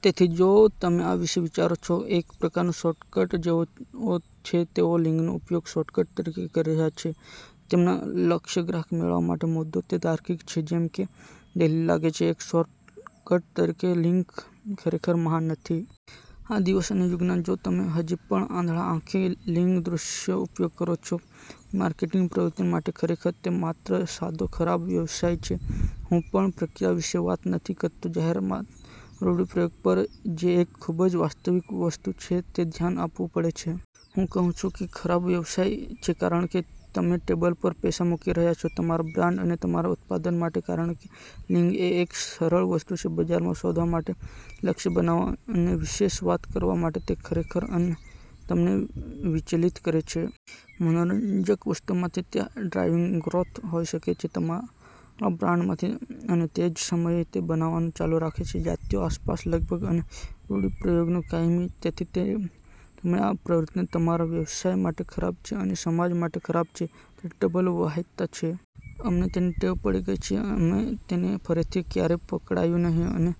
તેથી જો તમે આ વિશે વિચારો છો તે એક પ્રકારનો શોર્ટકટ જેવો છે. તેઓ લિંગનો ઉપયોગ શોર્ટકટ તરીકે કરી રહ્યાં છે, તેમના લક્ષ્ય ગ્રાહક મેળવવા માટે. મુદ્દો તે તાર્કિક છે જેમ કે દલીલ લાગે છે, એક શોર્ટકટ તરીકે લિંગ ખરેખર મહાન નથી. આ દિવસ અને યુગમાં, જો તમે હજી પણ આંધળા આંખે લિંગ દૃશ્યનો ઉપયોગ કરો છો તમારી માર્કેટિંગ પ્રવૃત્તિઓ માટે, ખરેખર તે માત્ર સાદો ખરાબ વ્યવસાય છે. હું પણ પ્રતિક્રિયા વિશે વાત નથી કરતો. જાહેરાતમાં રૂઢિપ્રયોગ પર, જે એક ખૂબ જ વાસ્તવિક વસ્તુ છે કે ધ્યાન આપવું પડશે. હું કહું છું કે તે ખરાબ વ્યવસાય છે, કારણ કે તમે ટેબલ પર પૈસા મૂકી રહ્યા છો તમારા બ્રાન્ડ અને તમારા ઉત્પાદનો માટે, કારણ કે લિંગ એ એક સરળ વસ્તુ છે. બજારમાં શોધવા માટે અને લક્ષ્ય બનાવવા અને વિશે વાત કરવા માટે તે ખરેખર તમને વિચલિત કરે છે. મનોરંજક વસ્તુઓમાંથી તે ડ્રાઇવિંગ ગ્રોથ હોઈ શકે છે, તમારા બ્રાન્ડ માંથી અને તે જ સમયે, તે બનાવવાનું ચાલુ રાખે છે .જાતિઓ આસપાસ અલગ અને રૂઢિપ્રયોગો કાયમી, તેથી તે જ સમયે આ પ્રવૃત્તિ તમારા વ્યવસાય માટે ખરાબ છે અને સમાજ માટે ખરાબ છે, તેથી ડબલ વાહિયાત છે. અમને તેની ટેવ પડી ગઈ અને અમે તેને ફરીથી ક્યારેય પડકાર્યું નહીં અને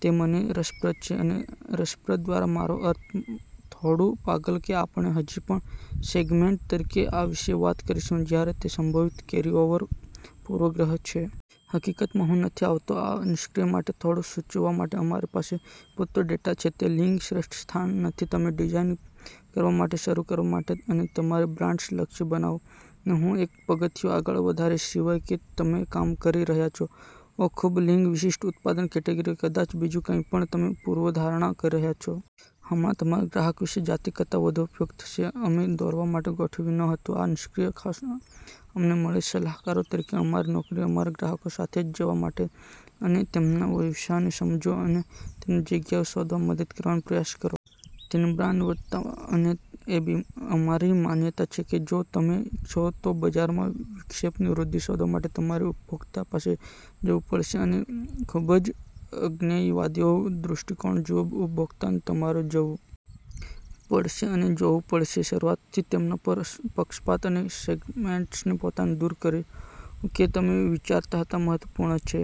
તે મને રસપ્રદ છે અને રસપ્રદ દ્વારા મારો અર્થ થોડું પાગલ કે આપણે હજી પણ સેગમેન્ટ તરીકે આ વિશે વાત કરીશું, જ્યારે તે સંભવિત કેરીઓવર પૂર્વગ્રહ છે. હકીકતમાં હું નથી આવતો આ નિષ્કર્ષ માટે થોડું સૂચવવા માટે અમારી પાસે પૂરતો ડેટા છે, તે લિંગ શ્રેષ્ઠ સ્થાન નથી. તમે ડિઝાઇન કરવા માટે શરૂ કરવા માટે અને તમારી બ્રાન્ડ્સને લક્ષ્ય બનાવો અને હું એક પગથિયું આગળ વધારીશ, સિવાય કે તમે કામ કરી રહ્યા છો ખૂબ જ લિંગ-વિશિષ્ટ ઉત્પાદન કેટેગરી, કદાચ બીજું કંઈપણ તમે પૂર્વધારણા કરી રહ્યા છો. હમણાં તમારા ગ્રાહક વિશે જાતિ કરતાં વધુ ઉપયોગી થશે. અમે દોરવા માટે ગોઠવ્યું ન હતું. આ નિષ્કર્ષ ખાસ અમને મળી સલાહકારો તરીકે, અમારી નોકરી અમારા ગ્રાહકો સાથે જવા માટે છે અને તેમના વ્યવસાયને સમજો અને તેમને જગ્યાઓ શોધવામાં મદદ કરવાનો પ્રયાસ કરો. તેમની બ્રાન્ડ વધવા માટે અને તે અમારી માન્યતા છે કે જો તમે ઇચ્છો તો બજારમાં વિક્ષેપિત વૃદ્ધિ શોધવા માટે, તમારે ઉપભોક્તા પાસે જવું પડશે અને ખૂબ જ અજ્ઞેયવાદીઓનો દૃષ્ટિકોણ જુઓ ઉપભોક્તા. તમારે જવું પડશે અને જોવું પડશે શરૂઆતથી તેમના પર પક્ષપાત અને સેગમેન્ટ્સથી પોતાને દૂર કરો કે તમે વિચાર્યા હતા મહત્વપૂર્ણ છે,